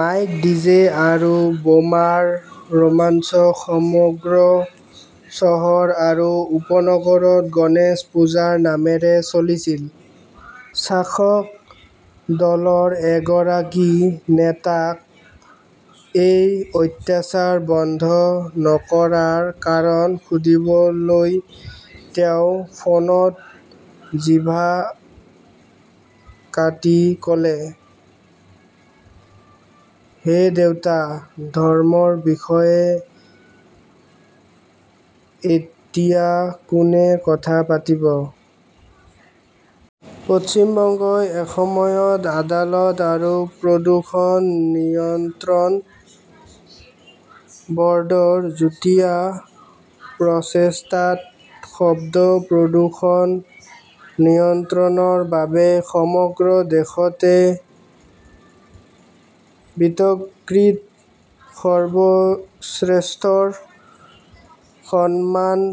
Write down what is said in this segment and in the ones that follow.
Mike, DJ আৰু বোমাৰ ৰোমাঞ্চ সমগ্ৰ চহৰ আৰু উপনগৰত গণেশ পূজাৰ নামেৰে চলিছিল। চাসক দলৰ এগৰাকী নেতাক এই অত্যাচাৰ বন্ধ নকৰাৰ কাৰণ সুধিবলৈ তেওঁ ফোনত জিভা কাটি ক'লে, হে দেউতা! ধৰ্মৰ বিষয়ে এতিয়া কোনে কথা পাতিব? পশ্চিম বংগই এসময়ত আদালত আৰু প্ৰদূষণ নিয়ন্ত্ৰণ বৰ্ডৰ যুটীয়া প্ৰচেষ্টাত শব্দ প্ৰদূষণ নিয়ন্ত্ৰণৰ বাবে সমগ্ৰ দেশতে বিতৰ্কিত সৰ্বশ্ৰেষ্ঠৰ সন্মান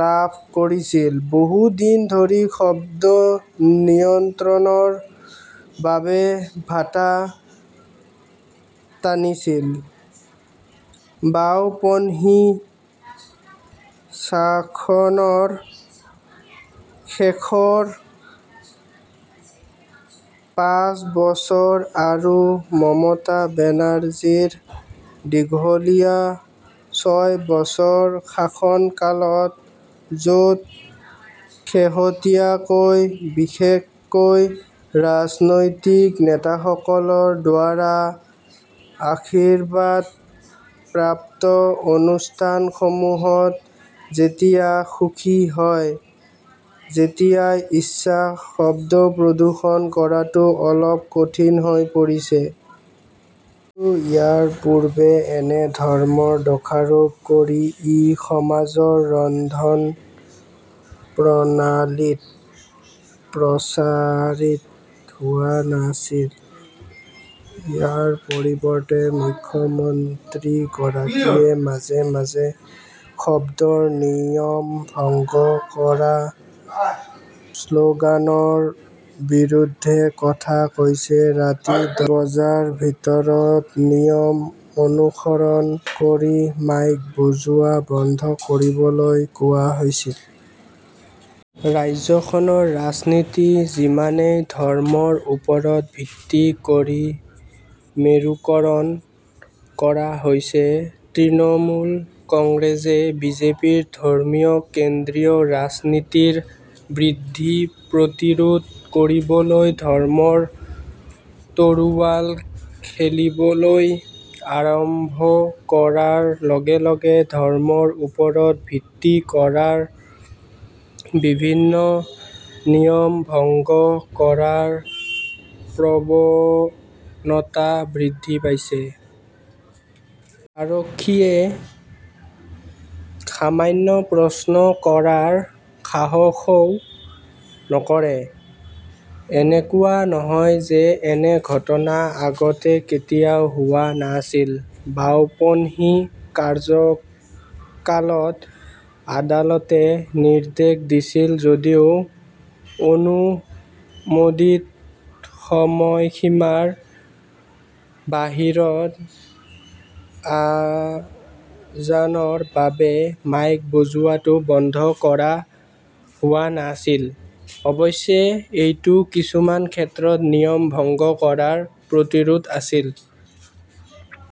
লাভ কৰিছিল, বহু দিন ধৰি শব্দ নিয়ন্ত্ৰণৰ বাবে ভাটা টানিছিল। বাওঁপন্থী শাসনৰ শেষৰ পাঁচ বছৰ আৰু মমতা বেনাৰ্জীৰ দীঘলীয়া ছয় বছৰৰ শাসনকালত, য 'ত শেহতীয়াকৈ, বিশেষকৈ ৰাজনৈতিক নেতাসকলৰ দ্বাৰা আশীৰ্বাদপ্ৰাপ্ত অনুষ্ঠানসমূহত, যেতিয়া সুখী হয়, যেতিয়াই ইচ্ছা শব্দ প্ৰদূষণ কৰাটো অলপ কঠিন হৈ পৰিছে। কিন্তু ইয়াৰ পূৰ্বে এনে ধৰ্মৰ দোষাৰোপ কৰি ই সমাজৰ ৰন্ধনপ্ৰণালীত প্ৰচাৰিত হোৱা নাছিল। ইয়াৰ পৰিৱৰ্তে মুখ্যমন্ত্ৰীগৰাকীয়ে মাজে-মাজে শব্দৰ নিয়ম ভংগ কৰা শ্লোগানৰ বিৰুদ্ধে কথা কৈছে। ৰাতি দহ বজাৰ ভিতৰত নিয়ম অনুসৰণ কৰি মাইক বজোৱা বন্ধ কৰিবলৈ কোৱা হৈছিল। ৰাজ্যখনৰ ৰাজনীতি যিমানেই ধৰ্মৰ ওপৰত ভিত্তি কৰি মেৰুকৰণ কৰা হৈছে, তৃণমূল কংগ্ৰেছে বিজেপিৰ ধৰ্মীয় কেন্দ্ৰীয় ৰাজনীতিৰ বৃদ্ধি প্ৰতিৰোধ কৰিবলৈ ধৰ্মৰ তৰোৱাল খেলিবলৈ আৰম্ভ কৰাৰ লগে-লগে ধৰ্মৰ ওপৰত ভিত্তি কৰা বিভিন্ন নিয়ম ভংগ কৰাৰ প্ৰৱণতা বৃদ্ধি পাইছে। আৰক্ষীয়ে সামান্য প্ৰশ্ন কৰাৰ সাহসও নকৰে। এনেকুৱা নহয় যে এনে ঘটনা আগতে কেতিয়াও হোৱা নাছিল। বাওঁপন্থী কাৰ্যকালত আদালতে নিৰ্দেশ দিছিল যদিও অনুমোদিত সময়সীমাৰ বাহিৰত আজানৰ বাবে মাইক বজোৱাটো বন্ধ কৰা হোৱা নাছিল। অৱশ্যে, এইটো কিছুমান ক্ষেত্ৰত নিয়ম ভংগ কৰাৰ প্ৰতিৰোধ আছিল।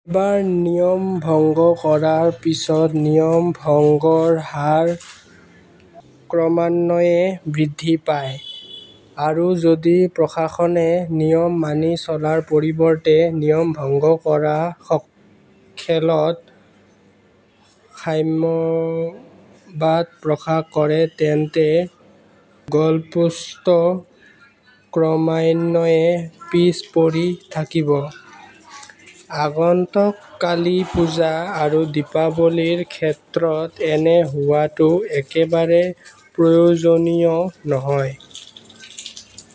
এবাৰ নিয়ম ভংগ কৰাৰ পিছত নিয়ম ভংগৰ হাৰ ক্ৰমান্বয়ে বৃদ্ধি পায়। আৰু যদি প্ৰশাসনে নিয়ম মানি চলাৰ পৰিৱৰ্তে নিয়ম ভংগ কৰা খেলত সাম্যবাদ প্ৰকাশ কৰে, তেন্তে গলপোষ্ট ক্ৰমান্বয়ে পিছ পৰি থাকিব। আগন্তুক কালী পূজা আৰু দীপাৱলীৰ ক্ষেত্ৰত এনে হোৱাটো একেবাৰে প্ৰয়োজনীয় নহয়।